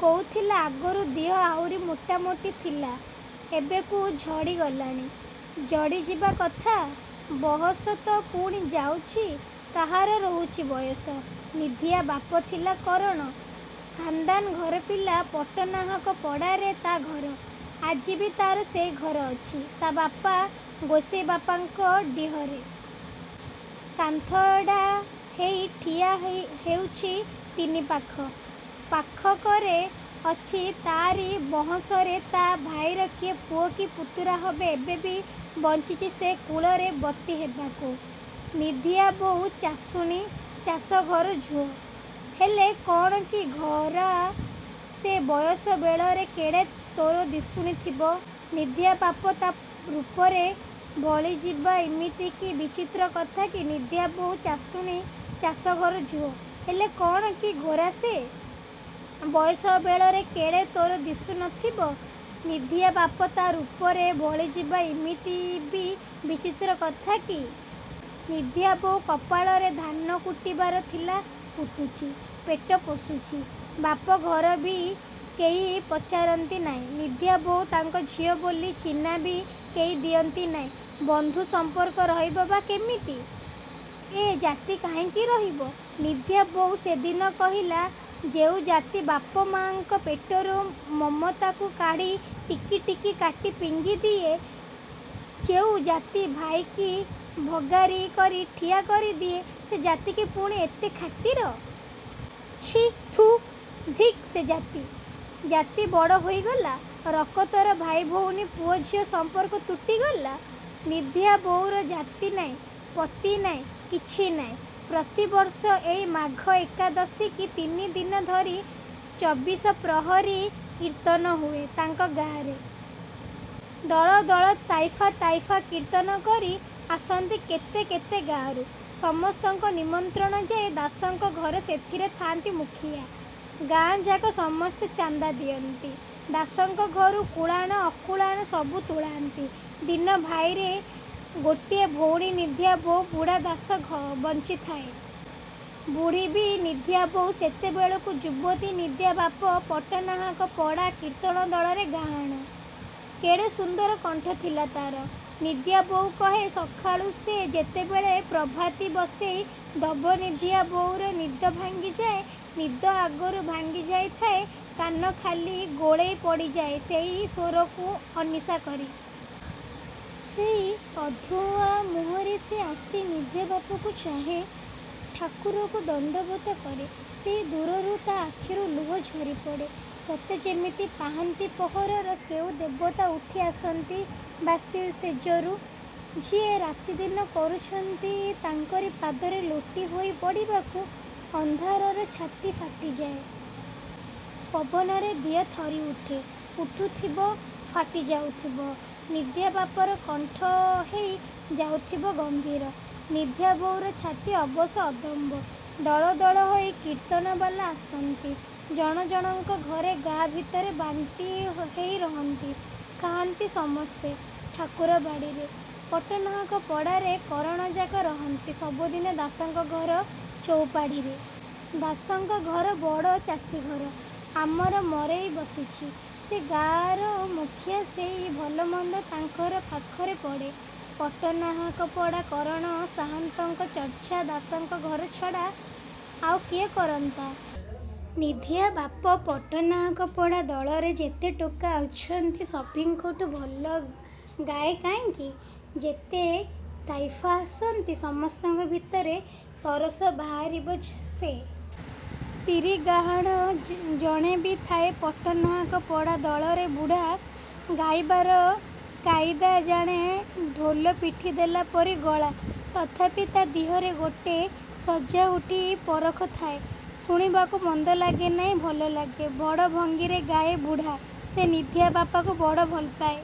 କହୁଥିଲା, ଆଗରୁ ଦିହ ଆହୁରି ମୋଟାମୋଟି ଥିଲା ଏବକୁ ଝଡ଼ି ଗଲାଣି। ଝଡ଼ିଯିବା କଥା। ବଅସ ତ ପୁଣି ଯାଉଚି କାହାର ରହୁଚି ବୟସ। ନିଧିଆ ବାପ ଥିଲା କରଣ। ଖାନ୍ଦାନ୍ ଘର ପିଲା। ପଟ୍ଟନାହାକ ପଡ଼ାରେ ତା' ଘର। ଆଜିବି ତା'ର ସେ ଘର ଅଛି, ତା' ବାପା ଗୋସାଇଁବାପାଙ୍କ ଡିହରେ। କାନ୍ଥଡ଼ା ହେଇ ଠିଆ ହେଇ ହେଉଛି ତିନିପାଖ। ପାଖକରେ ଅଛି ତା'ରି ବଅଁଶରେ ତା' ଭାଇର କିଏ ପୁଅ କି ପୁତୁରା ହେବ ଏବେବି ବଞ୍ଚିଛି ସେ କୁଳରେ ବତି ହେବାକୁ। ନିଧିଆ ବୋଉ ଚାଷୁଣୀ। ଚାଷଘର ଝୁଅ। ହେଲେ କ'ଣ କି ଘରା ସେ। ବୟସ ବେଳରେ କେଡ଼େ ତୋର ଦିଶୁଣିଥିବ। ନିଧିଆ ବାପ ତା ରୂପରେ ଭଲିଯିବା ଇମିତି କି ବିଚିତ୍ର କଥା କି! ନିଧିଆ ବୋଉ ଚାଷୁଣୀ। ଚାଷଘର ଝୁଅ। ହେଲେ କ'ଣ କି ଗୋରା ସେ। ବୟସ ବେଳରେ କେଡ଼େ ତୋର ଦିଶୁ ନଥିବ। ନିଧିଆ ବାପ ତା' ରୂପରେ ଭଳିଯିବା ଇମିତି ବି ବିଚିତ୍ର କଥା କି! ନିଧିଆ ବୋଉ କପାଳରେ ଧାନକୁଟିବାର ଥିଲା, କୁଟୁଛି। ପେଟ ପୋଷୁଛି। ବାପ ଘରବି କେହି ପଚାରନ୍ତି ନାହିଁ। ନିଧିଆ ବୋଉ ତାଙ୍କ ଝିଅ ବୋଲି ଚିହ୍ନାବି କେହି ଦିଅନ୍ତି ନାହିଁ। ବନ୍ଧୁ ସମ୍ପର୍କ ରହିବ ବା କିମିତି! ଏ ଜାତି କାହିଁକି ରହିବ? ନିଧିଆ ବୋଉ ସେଦିନ କହିଲା, ଯେଉଁ ଜାତି ବାପ ମାଙ୍କ ପେଟରୁ ମମତାକୁ କାଢ଼ି ଟିକିଟିକି କାଟି ଫିଙ୍ଗି ଦିଏ, ଯେଉଁ ଜାତି ଭାଇକି ଭଗାରି କରି ଠିଆ କରିଦିଏ, ସେ ଜାତିକି ପୁଣି ଏତେ ଖାତିର। ଛି! ଥୁ! ଧିକ ସେ ଜାତି, ଜାତି ବଡ଼ ହୋଇଗଲା। ରକତର ଭାଇ ଭଉଣୀ, ପୁଅ ଝିଅ ସମ୍ପର୍କ ତୁଟିଗଲା? ନିଧିଆ ବୋଉର ଜାତି ନାହିଁ ପତି ନାହିଁ କିଛି ନାହିଁ! ପ୍ରତିବର୍ଷ ଏଇ ମାଘ ଏକାଦଶୀକି ତିନିଦିନ ଧରି ଚବିଶ ପ୍ରହରୀ କୀର୍ତ୍ତନ ହୁଏ, ତାଙ୍କ ଗାଁରେ। ଦଳଦଳ ତାଇଫା ତାଇଫା କୀର୍ତ୍ତନ କରି ଆସନ୍ତି କେତେ କେତେ ଗାଁରୁ। ସମସ୍ତଙ୍କ ନିମନ୍ତ୍ରଣ ଯାଏଁ। ଦାସଙ୍କ ଘର ସେଥିରେ ଥାନ୍ତି ମୁଖିଆ। ଗାଁଯାକ ସମସ୍ତେ ଚାନ୍ଦା ଦିଅନ୍ତି। ଦାସଙ୍କ ଘରୁ କୁଳାଣ ଅକୁଳାଣ ସବୁ ତୁଳାନ୍ତି। ଦିନଭାଇରେ ଗୋଟିଏ ଭଉଣୀ ନିଧିଆ ବୋଉ। ବୁଢ଼ା ଦାସ ଘ ବଞ୍ଚିଥାଏ। ବୁଢ଼ୀବି। ନିଧିଆବୋଉ ସେତେବେଳକୁ ଯୁବତୀ। ନିଧିଆ ବାପ ପଟ୍ଟନାହାକପଡ଼ା କୀର୍ତ୍ତନ ଦଳରେ ଗାହାଣ। କେଡ଼େ ସୁନ୍ଦର କଣ୍ଠଥିଲା ତା'ର। ନିଧିଆବୋଉ କହେ। ସକାଳୁ ସେ ଯେତେବେଳେ ପ୍ରଭାତୀ ବସେଇ ଦବ ନିଧିଆ ବୋଉର ନିଦ ଭାଙ୍ଗିଯାଏ ନିଦ ଆଗରୁ ଭାଙ୍ଗି ଯାଇଥାଏ କାନ ଖାଲି ଗୋଳେଇ ପଡ଼ିଯାଏ ସେଇ ସ୍ୱରକୁ ଅନିସା କରି। ସେଇ ଅଧୁଆମୁହଁରେ ସେ ଆସି ନିଧିଆବାପକୁ ଚାହେଁ। ଠାକୁରକୁ ଦଣ୍ଡବତ କରେ ସେଇ ଦୂରରୁ। ତା' ଆଖିରୁ ଲୁହ ଝରିପଡ଼େ। ସତେ ଯେମିତି ପାହାନ୍ତି ପହରର କେଉଁ ଦେବତା ଉଠିଆସନ୍ତି ବାସିଶେଯରୁ, ଯିଏ ରାତିଦିନ କରୁଚନ୍ତି ତାଙ୍କରି ପାଦରେ ଲୋଟି ହୋଇ ପଡ଼ିବାକୁ। ଅନ୍ଧାରରେ ଛାତି ଫାଟିଯାଏ। ପବନରେ ଦିହ ଥରିଉଠେ। ଉଠୁଥିବ। ଫାଟି ଯାଉଥିବ। ନିଧିଆବାପର କଣ୍ଠ ହେଇ ଯାଉଥିବ ଗମ୍ଭୀର, ନିଧିଆ ବୋଉର ଛାତି ଅବଶ ଅଦମ୍ଭ। ଦଳଦଳ ହୋଇ କୀର୍ତ୍ତନବାଲା ଆସନ୍ତି। ଜଣ ଜଣଙ୍କ ଘରେ ଗାଁ ଭିତରେ ବାଣ୍ଟି ହେଇ ରହନ୍ତି। ଖାଆନ୍ତି ସମସ୍ତେ ଠାକୁର ବାଡ଼ିରେ। ପଟ୍ଟନାହାକ ପଡ଼ାର କରଣଯାକ ରହନ୍ତି ସବୁଦିନେ ଦାସଙ୍କ ଘର ଚଉପାଢ଼ିରେ। ଦାସଙ୍କ ଘର ବଡ଼ ଚାଷୀଘର। ଆମର ମରେଇ ବସିଚି। ସେ ଗାଁର ମୁଖିଆ ସେଇ। ଭଲମନ୍ଦ ତାଙ୍କର ପାଖରେ ପଡ଼େ। ପଟ୍ଟନାହାକପଡ଼ା କରଣ ସାହାନ୍ତଙ୍କ ଚଞ୍ଚା ଦାସଙ୍କ ଘର ଛଡ଼ା ଆଉ କିଏ କରନ୍ତା! ନିଧିଆବାପ ପଟ୍ଟନାହାକପଡ଼ା ଦଳରେ ଯେତେ ଟୋକା ଅଛନ୍ତି, ସଭିଙ୍କଠୁ ଭଲ ଗାଏ କାହିଁକି, ଯେତେ ତାଇଫା ଆସନ୍ତି ସମସ୍ତଙ୍କ ଭିତରେ ସରସ ବାହାରିବ ସେ। ଶିରୀଗାହାଣ ଜଣେବି ଥାଏ ପଟ୍ଟନାହାକପଡ଼ା ଦଳରେ ବୁଢ଼ା। ଗାଇବାର କାଇଦା ଜାଣେ। ଢୋଲ ପିଟିଦେଲା ପରି ଗଳା। ତଥାପି ତା' ଦିହରେ ଗୋଟେ ସଜାଉଟୀ ପରଖ ଥାଏ, ଶୁଣିବାକୁ ମନ୍ଦ ଲାଗେ ନାହିଁ ଭଲ ଲାଗେ। ବଡ଼ ଭଙ୍ଗୀରେ ଗାଏ ବୁଢ଼ା। ସେ ନିଧିଆ ବାପାକୁ ବଡ଼ ଭଲପାଏ।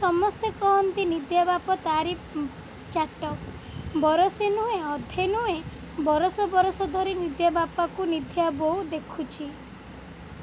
ସମସ୍ତେ କହନ୍ତି, ନିଧିଆବାପ ତା'ରି ଚାଟ। ବରଷେ ନୁହେଁ ଅଧେ ନୁହେଁ; ବରଷ ବରଷ ଧରି ନିଧିଆ ବାପାକୁ ନିଧିଆ ବୋଉ ଦେଖୁଚି।